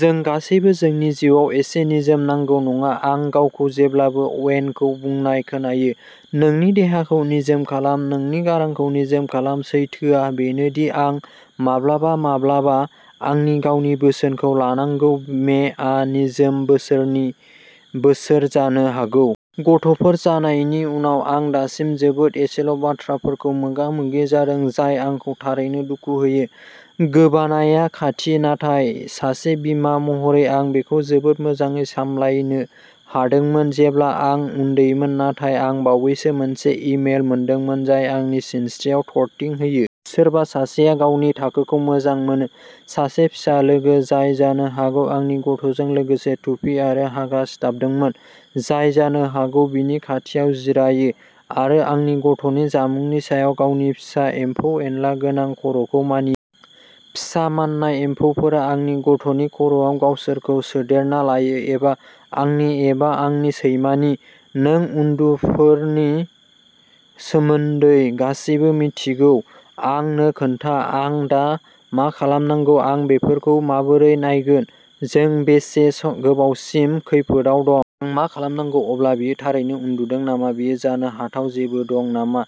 जों गासैबो जोंनि जिउआव एसे निजोम नांगौ, नङा? आं गावखौ जेब्लाबो अवेनखौ बुंनाय खोनायो, नोंनि देहाखौ निजोम खालाम। नोंनि गारांखौ निजोम खालाम। सैथोआ बेनो दि, आं माब्लाबा माब्लाबा आंनि गावनि बोसोनखौ लानांगौ। मे आ निजोम बोसोरनि बोसोर जानो हागौ। गथ'फोर जानायनि उनाव आं दासिम जोबोद एसेल' बाथ्राफोरखौ मोगा मोगि जादों, जाय आंखौ थारैनो दुखु होयो। गोबानायआ खाथि, नाथाय सासे बिमा महरै आं बेखौ जोबोद मोजाङै सामलायनो हादोंमोन, जेब्ला आं उन्दैमोन। नाथाय आं बावैसो मोनसे इमेल मोनदोंमोन, जाय आंनि सिनस्रिआव थरथिं होयो। सोरबा सासेआ गावनि थाखोखौ मोजां मोनो। सासे फिसा लोगो जाय जानो हागौ आंनि गथ'जों लोगोसे टुपि आरो हागा सिथाबदोंमोन। जाय जानो हागौ बिनि खाथियाव जिरायो आरो आंनि गथ'नि जामुंनि सायाव गावनि फिसा एम्फौ एनला गोनां खर'खौ मानियो। फिसा माननाय एम्फौफोरा आंनि गथ'नि खर'आव गावसोरखौ सोदेरना लायो। एबा आंनि एबा आंनि सैमानि, नों उन्दुफोरनि सोमोन्दै गासिबो मिन्थिगौ आंनो खोन्था। आं दा मा खालामनांगौ? आं बेफोरखौ माबोरै नायगोन? जों बेसे गोबावसिम खैफोदआव दं? आं मा खालामनांगौ, अब्ला, बियो थारैनो उन्दुदों नामा? बियो जानो हाथाव जेबो दं नामा?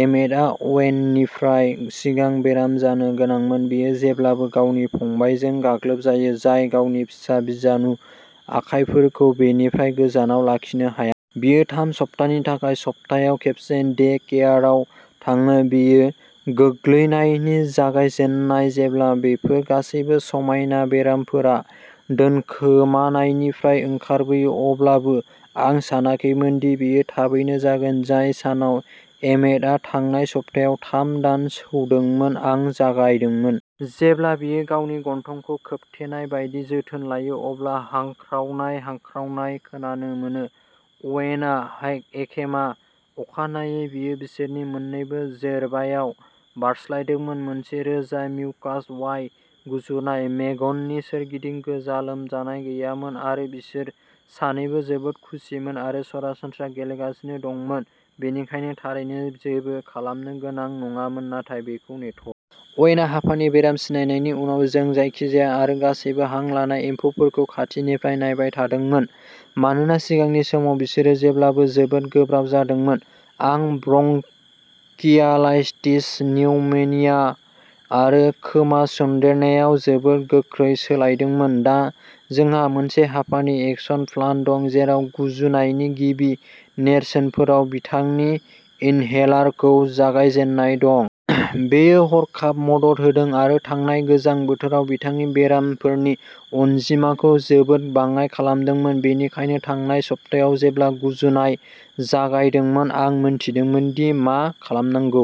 एमेटआ अवेननिफ्राय सिगां बेराम जानो गोनांमोन। बियो जेब्लाबो गावनि फंबायजों गाग्लोबजायो, जाय गावनि फिसा बिजानु आखायफोरखौ बेनिफ्राय गोजानाव लाखिनो हाया। बियो थाम सप्तानि थाखाय सप्तायाव खेबसे डे केयाराव थाङो। बेयो गोग्लैनायनि जागायजेन्नाय जेब्ला बेफोर गासैबो समायना बेरामफोरा दोनखोमानायनिफ्राय ओंखारबोयो। अब्लाबो, आं सानाखैमोन दि बेयो थाबैनो जागोन। जाय सानाव एमेटआ थांनाय सप्तायाव थाम दान सौदोंमोन आं जागायदोंमोन। जेब्ला बियो गावनि गन्थंखौ खोबथेनाय बायदि जोथोन लायो, अब्ला हांख्रावनाय हांख्रावनाय खोनानो मोनो। अवेनहाय एखेमा अखानायै बेयो बिसोरनि मोन्नैबो जेरबायाव बारस्लायदोंमोन मोनसे रोजा, मिउकास वाई गुजुनाय। मेगननि सोरगिदिं गोजा। लोमजानाय गैयामोन आरो बिसोर सानैबो जोबोद खुसिमोन आरो सरासनस्रा गेलेगासिनो दंमोन, बेनिखायनो थारैनो जेबो खालामनो गोनां नङामोन नाथाय बेखौ नेथ'। अवेनआ हापानि बेराम सिनायनायनि उनाव जों जायखिजाया आरो गासैबो हां लानाय एम्फौफोरखौ खाथिनिफ्राय नायबाय थादोंमोन, मानोना सिगांनि समाव बिसोरो जेब्लाबो जोबोद गोब्राब जादोंमोन आरो ब्रंकियालाइटिस, निउमोनिया आरो खोमा सन्देरनायाव जोबोद गोख्रै सोलायदोंमोन। दा जोंहा मोनसे हापानि एक्शन प्लान दं जेराव गुजुनायनि गिबि नेरसोनफोराव बिथांनि इनहेलारखौ जागायजेननाय दं। बेयो हरखाब मदद होदों आरो थांनाय गोजां बोथोराव बिथांनि बेरामफोरनि अनजिमाखौ जोबोद बाङाइ खालामदोंमोन। बेनिखायनो थांनाय सप्तायाव जेब्ला गुजुनाया जागायदोंमोन, आं मिन्थिदोंमोन दि मा खालामनांगौ।